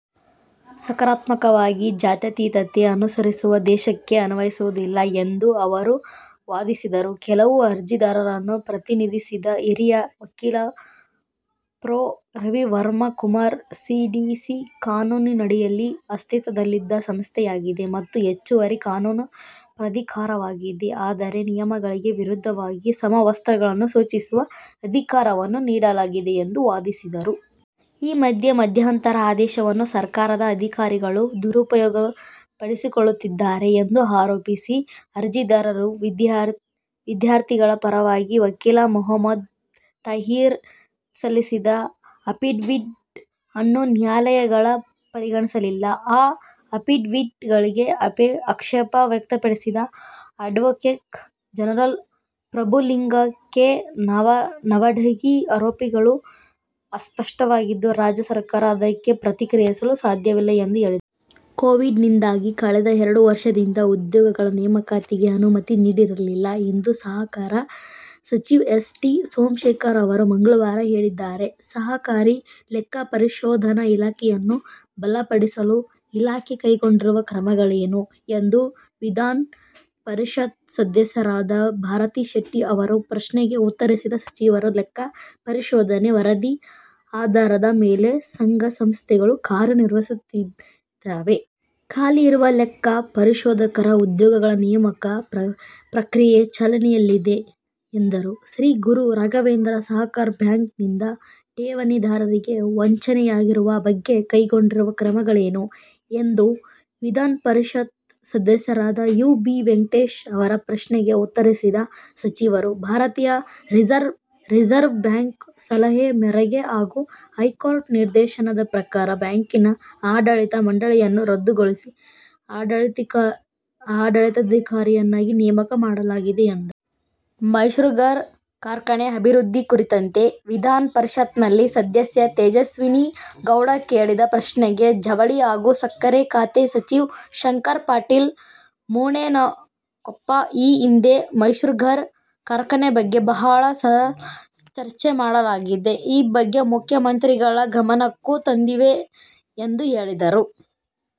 ಸಕಾರಾತ್ಮಕವಾಗಿ ಜಾತ್ಯತೀತತೆ ಅನುಸರಿಸುವ ದೇಶಕ್ಕೆ ಅನ್ವಯಿಸುವುದಿಲ್ಲ ಎಂದು ಅವರು ವಾದಿಸಿದರು. ಕೆಲವು ಅರ್ಜಿದಾರರನ್ನು ಪ್ರತಿನಿಧಿಸಿದ ಹಿರಿಯ ವಕೀಲ ಪ್ರೊ. ರವಿವರ್ಮ ಕುಮಾರ್, ಸಿಡಿಸಿ ಕಾನೂನಿನಡಿಯಲ್ಲಿ ಅಸ್ತಿತ್ವದಲ್ಲಿಲ್ಲದ ಸಂಸ್ಥೆಯಾಗಿದೆ ಮತ್ತು ಹೆಚ್ಚುವರಿ ಕಾನೂನು ಪ್ರಾಧಿಕಾರವಾಗಿದೆ ಆದರೆ ನಿಯಮಗಳಿಗೆ ವಿರುದ್ಧವಾಗಿ ಸಮವಸ್ತ್ರವನ್ನು ಸೂಚಿಸುವ ಅಧಿಕಾರವನ್ನು ನೀಡಲಾಗಿದೆ ಎಂದು ವಾದಿಸಿದರು. ಈ ಮಧ್ಯೆ ಮಧ್ಯಂತರ ಆದೇಶವನ್ನು ಸರ್ಕಾರದ ಅಧಿಕಾರಿಗಳು ದುರುಪಯೋಗಪಡಿಸಿಕೊಳ್ಳುತ್ತಿದ್ದಾರೆ ಎಂದು ಆರೋಪಿಸಿ ಅರ್ಜಿದಾರರು-ವಿದ್ಯಾರ್ಥಿಗಳ ಪರವಾಗಿ ವಕೀಲ ಮೊಹಮ್ಮದ್ ತಾಹಿರ್ ಸಲ್ಲಿಸಿದ ಅಫಿಡವಿಟ್ ಅನ್ನು ನ್ಯಾಯಾಲಯ ಪರಿಗಣಿಸಲಿಲ್ಲ. ಈ ಅಫಿಡವಿಟ್ ಗಳಿಗೆ ಆಕ್ಷೇಪ ವ್ಯಕ್ತಪಡಿಸಿದ advocate general Prabhulinga K Navadagi ಆರೋಪಗಳು ಅಸ್ಪಷ್ಟವಾಗಿದ್ದು, ರಾಜ್ಯ ಸರ್ಕಾರ ಅದಕ್ಕೆ ಪ್ರತಿಕ್ರಿಯಿಸಲು ಸಾಧ್ಯವಿಲ್ಲ ಎಂದು ಹೇಳಿದರು. ಕೋವಿಡ್ ನಿಂದಾಗಿ ಕಳೆದ ಎರಡು ವರ್ಷದಿಂದ ಹುದ್ದೆಗಳ ನೇಮಕಾತಿಗೆ ಅನುಮತಿ ನೀಡಿರಲಿಲ್ಲ ಎಂದು ಸಹಕಾರ ಸಚಿವ ಎಸ್. ಟಿ. ಸೋಮಶೇಖರ್ ಅವರು ಮಂಗಳವಾರ ಹೇಳಿದ್ದಾರೆ. ಸಹಕಾರಿ ಲೆಕ್ಕಪರಿಶೋಧನಾ ಇಲಾಖೆಯನ್ನು ಬಲಪಡಿಸಲು ಇಲಾಖೆ ಕೈಗೊಂಡಿರುವ ಕ್ರಮಗಳೇನು ಎಂದು ವಿಧಾನಪರಿಷತ್ ಸದಸ್ಯರಾದ ಭಾರತಿ ಶೆಟ್ಟಿ ಅವರ ಪ್ರಶ್ನೆಗೆ ಉತ್ತರಿಸಿದ ಸಚಿವರು, ಲೆಕ್ಕ ಪರಿಶೋಧನೆ ವರದಿ ಆಧಾರದ ಮೇಲೆ ಸಂಘ ಸಂಸ್ಥೆಗಳು ಕಾರ್ಯ ನಿರ್ವಹಿಸುತ್ತವೆ. ಖಾಲಿ ಇರುವ ಲೆಕ್ಕ ಪರಿಶೋಧಕರ ಹುದ್ದೆಗಳ ನೇಮಕ ಪ್ರಕ್ರಿಯೆ ಚಾಲನೆಯಲ್ಲಿದೆ ಎಂದರು. ಶ್ರೀಗುರು ರಾಘವೇಂದ್ರ ಸಹಕಾರ ಬ್ಯಾಂಕ್ ನಿಂದ ಠೇವಣಿದಾರರಿಗೆ ವಂಚನೆಯಾಗಿರುವ ಬಗ್ಗೆ ಕೈಗೊಂಡಿರುವ ಕ್ರಮಗಳೇನು ಎಂದು ವಿಧಾನಪರಿಷತ್ ಸದಸ್ಯರಾದ ಯು. ಬಿ. ವೆಂಕಟೇಶ್ ಅವರ ಪ್ರಶ್ನೆಗೆ ಉತ್ತರಿಸಿದ ಸಚಿವರು, ಭಾರತೀಯ ರಿಸರ್ವ್ ಬ್ಯಾಂಕ್ ಸಲಹೆ ಮೇರೆಗೆ ಹಾಗೂ ಹೈಕೋರ್ಟ್ ನಿರ್ದೇಶನದ ಪ್ರಕಾರ ಬ್ಯಾಂಕಿನ ಆಡಳಿತ ಮಂಡಳಿಯನ್ನು ರದ್ದುಗೊಳಿಸಿ ಆಡಳಿತಾಧಿಕಾರಿಯನ್ನಾಗಿ ನೇಮಕ ಮಾಡಲಾಗಿದೆ ಎಂದರು. ಮೈಷುಗರ್ ಕಾರ್ಖಾನೆ ಅಭಿವೃದ್ಧಿ ಕುರಿತಂತೆ ವಿಧಾನಪರಿಷತ್ ನಲ್ಲಿ ಸದಸ್ಯೆ ತೇಜಸ್ವಿನಿ ಗೌಡ ಕೇಳಿದ ಪ್ರಶ್ನೆಗೆ ಜವಳಿ ಹಾಗೂ ಸಕ್ಕರೆ ಖಾತೆ ಸಚಿವ ಶಂಕರ್ ಪಾಟೀಲ್ ಮುನೇನಕೊಪ್ಪ, ಈ ಹಿಂದೆ ಮೈಷುಗರ್ ಕಾರ್ಖಾನೆ ಬಗ್ಗೆ ಬಹಳ ಸಲ ಚರ್ಚೆ ಮಾಡಲಾಗಿದೆ. ಈ ಬಗ್ಗೆ ಮುಖ್ಯಮಂತ್ರಿಗಳ ಗಮನಕ್ಕೂ ತಂದಿದ್ದೇವೆ ಎಂದು ಹೇಳಿದರು.